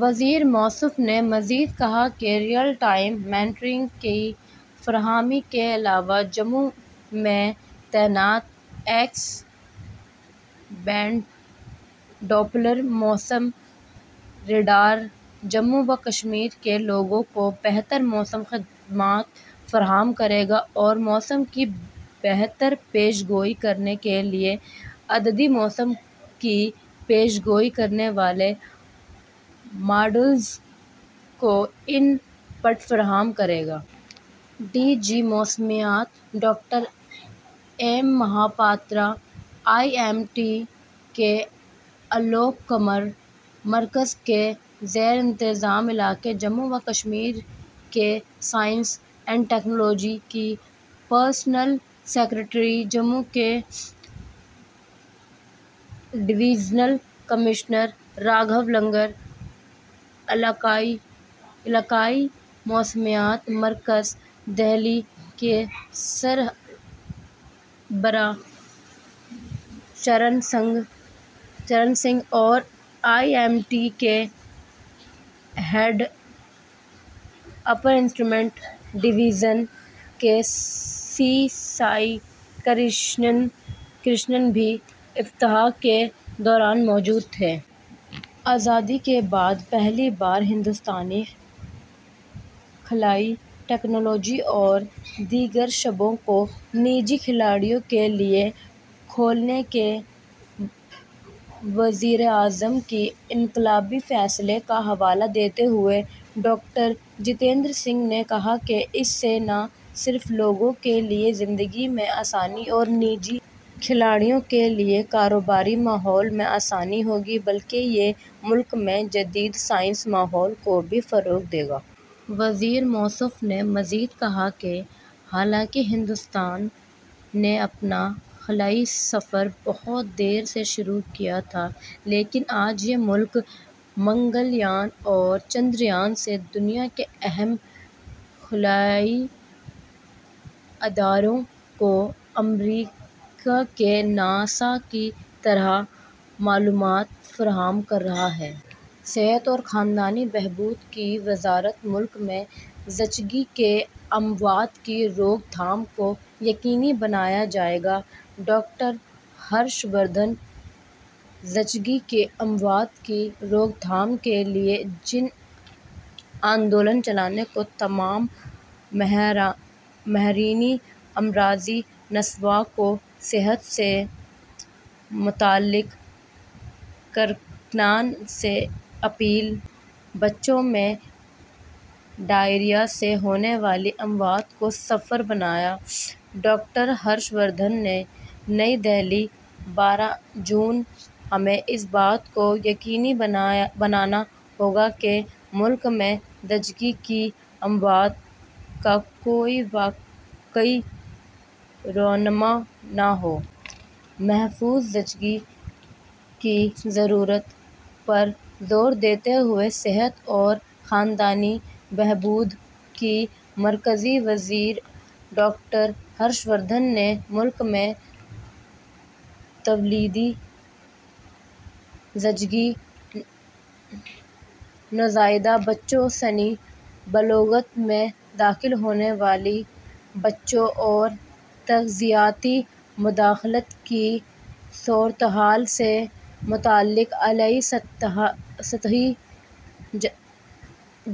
وزیر موصوف نے مزید کہا کہ ریئل ٹائم مانیٹرنگ کی فراہمی کے علاوہ، جموں میں تعینات ایکس بینڈ ڈوپلر موسمی ریڈار جموں و کشمیر کے لوگوں کو بہتر موسمی خدمات فراہم کرے گا اور موسم کی بہتر پیش گوئی کرنے کے لیے عددی موسم کی پیش گوئی کرنے والے ماڈلز کو اِن پٹ فراہم کرے گا۔ ڈی جی موسمیات doctor M Mohapatra, I M D کے آلوک کمار، مرکز کے زیر انتظام علاقے جموں و کشمیر کے سائنس اینڈ ٹیکنالوجی کے پرنسپل سکریٹری، جموں کے ڈویژنل کمشنر راگھو لنگر، علاقائی موسمیاتی مرکز، دہلی کے سربراہ چرن سنگھ اور آئی ایم ڈی کے ہیڈ اپر انسٹرومنٹ ڈویژن کے سی سائی کرشنن بھی افتتاح کے دوران موجود تھے۔ آزادی کے بعد پہلی بار ہندوستانی خلائی ٹیکنالوجی اور دیگر شعبوں کو نجی کھلاڑیوں کے لیے کھولنے کے وزیراعظم کے انقلابی فیصلے کا حوالہ دیتے ہوئے، ڈاکٹر جتیندر سنگھ نے کہا کہ اس سے نہ صرف لوگوں کے لیے زندگی میں آسانی اور نجی کھلاڑیوں کے لیے کاروباری ماحول میں آسانی ہوگی، بلکہ یہ ملک میں جدید سائنسی ماحول کو بھی فروغ دے گا۔ وزیر موصوف نے مزید کہا کہ حالانکہ ہندوستان نے اپنا خلائی سفر بہت دیر سے شروع کیا تھا، لیکن آج یہ ملک منگل یان اور چندریان سے دنیا کے اہم خلائی اداروں کو، امریکہ کے ناسا کی طرح، معلومات فراہم کر رہا ہے۔ صحت اور خاندانی بہبود کی وزارت ملک میں زچگی کی اموات کی روک تھام کو یقینی بنایا جائے گا: ڈاکٹر ہرش وردھن۔ زچگی کی اموات کی روک تھام کے لیے جن آندولن چلانے کو تمام ماہرینِ امراضِ نسواں اور صحت سے متعلق کارکنان سے اپیل۔ بچوں میں ڈائریا سے ہونے والی اموات کو صفر بنانا: ڈاکٹر ہرش وردھن۔ نئی دہلی، بارہ جون۔ ہمیں اس بات کو یقینی بنانا ہوگا کہ ملک میں زچگی کی اموات کا کوئی واقعہ رونما نہ ہو۔ محفوظ زچگی کی ضرورت پر زور دیتے ہوئے صحت اور خاندانی بہبود کے مرکزی وزیر ڈاکٹر ہرش وردھن نے ملک میں تولیدی، زچگی، نوزائیدہ بچوں، سنِ بلوغت میں داخل ہونے والے بچوں اور تغذیاتی مداخلت کی صورتحال سے متعلق اعلیٰ سطحی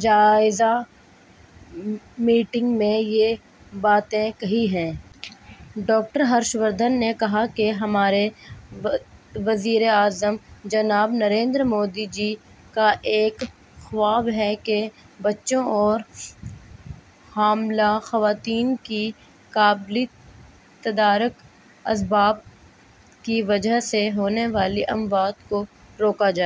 جائزہ میٹنگ میں یہ باتیں کہی ہیں۔ ڈاکٹر ہرش وردھن نے کہا کہ ہمارے وزیراعظم جناب نریندر مودی جی کا ایک خواب ہے کہ بچوں اور حاملہ خواتین کی قابلِ تدارک اسباب کی وجہ سے ہونے والی اموات کو روکا جائے۔